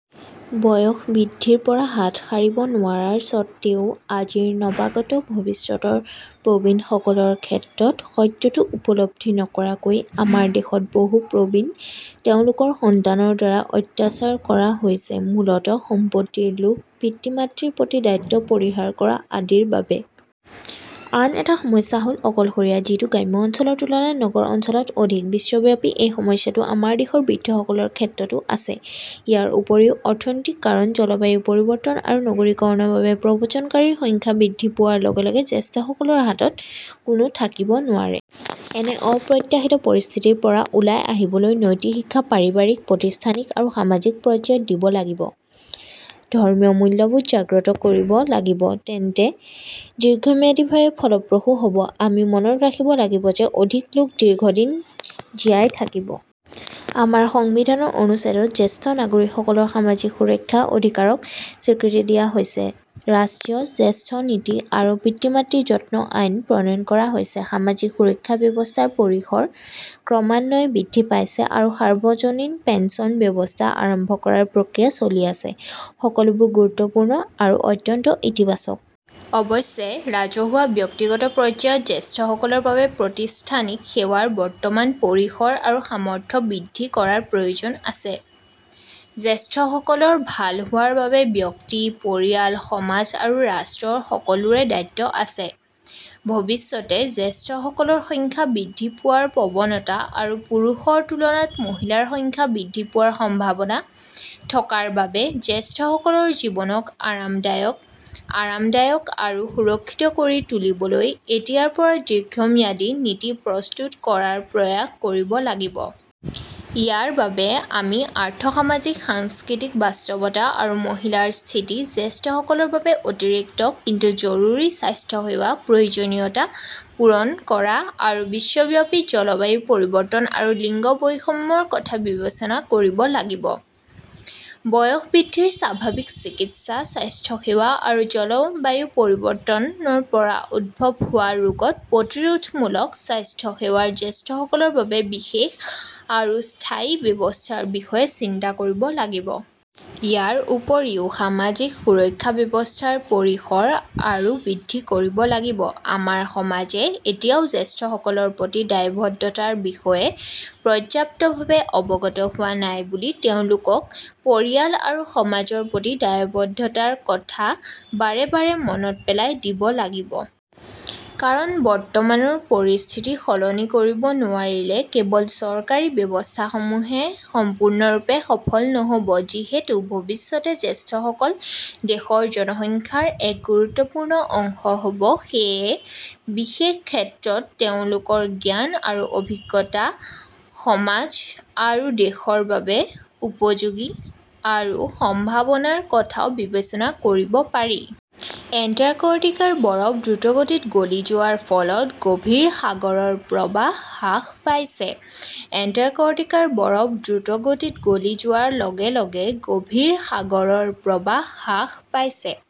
বয়স বৃদ্ধিৰ পৰা হাত সাৰিব নোৱাৰাৰ স্বত্ত্বেও আজিৰ নৱাগত ভৱিষ্যতৰ প্ৰবীণসকলৰ ক্ষেত্ৰত সত্যটো উপলব্ধি নকৰাকৈ, আমাৰ দেশত বহুতো প্ৰবীণ তেওঁলোকৰ সন্তানৰ দ্বাৰা অত্যাচাৰ কৰা হৈছে-মূলতঃ সম্পত্তিৰ লোভ, পিতৃ-মাতৃৰ প্ৰতি দায়িত্ব পৰিহাৰ কৰা আদিৰ বাবে। আন এটা সমস্যা হ "ল অকলশৰীয়া, যিটো গ্ৰাম্য অঞ্চলৰ তুলনাত নগৰ অঞ্চলত অধিক। বিশ্বব্যাপী এই সমস্যাটো আমাৰ দেশৰ বৃদ্ধসকলৰ ক্ষেত্ৰতো আছে। ইয়াৰ উপৰিও, অৰ্থনৈতিক কাৰণ, জলবায়ু পৰিৱৰ্তন আৰু নগৰীকৰণৰ বাবে প্ৰব্ৰজনকাৰীৰ সংখ্যা বৃদ্ধি পোৱাৰ লগে লগে জ্যেষ্ঠসকলৰ হাতত কোনো থাকিব নোৱাৰে। এনে অপ্ৰত্যাশিত পৰিস্থিতিৰ পৰা ওলাই আহিবলৈ নৈতিক শিক্ষা, পাৰিবাৰিক, প্ৰতিষ্ঠানিক আৰু সামাজিক পৰ্যায়ত দিব লাগিব, ধৰ্মীয় মূল্যবোধ জাগ্ৰত কৰিব লাগিব-তেন্তে দীৰ্ঘম্যাদীভাৱে ফলপ্ৰসূ হ 'ব। আমি মনত ৰাখিব লাগিব যে অধিক লোক দীৰ্ঘদিন জীয়াই থাকিব। আমাৰ সংবিধানৰ অনুচ্ছেদত জ্যেষ্ঠ নাগৰিকসকলৰ সামাজিক সুৰক্ষাৰ অধিকাৰক স্বীকৃতি দিয়া হৈছে, ৰাষ্ট্ৰীয় জ্যেষ্ঠ নীতি- আৰু পিতৃ-মাতৃৰ যত্ন আইন, প্ৰণয়ন কৰা হৈছে। সামাজিক সুৰক্ষা ব্যৱস্থাৰ পৰিসৰ ক্ৰমান্বয়ে বৃদ্ধি পাইছে আৰু সাৰ্বজনীন পেন্সন ব্যৱস্থা আৰম্ভ কৰাৰ প্ৰক্ৰিয়া চলি আছে-সকলোবোৰ গুৰুত্বপূৰ্ণ আৰু অত্যন্ত ইতিবাচক। অৱশ্যে, ৰাজহুৱা-ব্যক্তিগত পৰ্যায়ত জ্যেষ্ঠসকলৰ বাবে প্ৰতিষ্ঠানিক সেৱাৰ বৰ্তমানৰ পৰিসৰ আৰু সামৰ্থ্য বৃদ্ধি কৰাৰ প্ৰয়োজন আছে। জ্যেষ্ঠসকলৰ ভাল হোৱাৰ বাবে ব্যক্তি, পৰিয়াল, সমাজ আৰু ৰাষ্ট্ৰৰ সকলোৰে দায়িত্ব আছে। ভৱিষ্যতে জ্যেষ্ঠসকলৰ সংখ্যা বৃদ্ধি পোৱাৰ প্ৰৱণতা আৰু পুৰুষৰ তুলনাত মহিলাৰ সংখ্যা বৃদ্ধি পোৱাৰ সম্ভাৱনা থকাৰ বাবে, জ্যেষ্ঠসকলৰ জীৱনক আৰামদায়ক, আৰামদায়ক আৰু সুৰক্ষিত কৰি তুলিবলৈ এতিয়াৰ পৰা দীৰ্ঘম্যাদী নীতি প্ৰস্তুত কৰাৰ প্ৰয়াস কৰিব লাগিব। ইয়াৰ বাবে আমি অৰ্থ-সামাজিক-সাংস্কৃতিক বাস্তৱতা আৰু মহিলাৰ স্থিতি, জ্যেষ্ঠসকলৰ বাবে অতিৰিক্ত কিন্তু জৰুৰী স্বাস্থ্যসেৱাৰ প্ৰয়োজনীয়তা পূৰণ কৰা, আৰু বিশ্বব্যাপী জলবায়ু পৰিৱৰ্তন আৰু লিংগ বৈষম্যৰ কথা বিবেচনা কৰিব লাগিব। বয়স বৃদ্ধিৰ স্বাভাৱিক চিকিৎসা স্বাস্থ্যসেৱা আৰু জলবায়ু পৰিৱৰ্তনৰ পৰা উদ্ভৱ হোৱা ৰোগত প্ৰতিৰোধমূলক স্বাস্থ্যসেৱাৰ জ্যেষ্ঠসকলৰ বাবে বিশেষ আৰু স্থায়ী ব্যৱস্থাৰ বিষয়ে চিন্তা কৰিব লাগিব। ইয়াৰ উপৰিও সামাজিক সুৰক্ষা ব্যৱস্থাৰ পৰিসৰ আৰু বৃদ্ধি কৰিব লাগিব। আমাৰ সমাজে এতিয়াও জ্যেষ্ঠসকলৰ প্ৰতি দায়বদ্ধতাৰ বিষয়ে পৰ্যাপ্তভাৱে অৱগত হোৱা নাই বুলি তেওঁলোকক পৰিয়াল আৰু সমাজৰ প্ৰতি দায়বদ্ধতাৰ কথা বাৰে বাৰে মনত পেলাই দিব লাগিব। কাৰণ বৰ্তমানৰ পৰিস্থিতি সলনি কৰিব নোৱাৰিলে কেৱল চৰকাৰী ব্যৱস্থাসমূহে সম্পূৰ্ণৰূপে সফল নহ 'ব। যিহেতু ভৱিষ্যতে জ্যেষ্ঠসকল দেশৰ জনসংখ্যাৰ এক গুৰুত্বপূৰ্ণ অংশ হ 'ব, সেয়েহে বিশেষ ক্ষেত্ৰত তেওঁলোকৰ জ্ঞান আৰু অভিজ্ঞতা সমাজ আৰু দেশৰ বাবে উপযোগী কৰাৰ সম্ভাৱনাৰ কথাও বিবেচনা কৰিব পাৰি। এণ্টাৰ্কটিকাৰ বৰফ দ্ৰুতগতিত গলি যোৱাৰ ফলত গভীৰ সাগৰৰ প্ৰবাহ হ্ৰাস পাইছে এণ্টাৰ্কটিকাৰ বৰফ দ্ৰুতগতিত গলি যোৱাৰ লগে লগে গভীৰ সাগৰৰ প্ৰৱাহ হ্ৰাস পাইছে।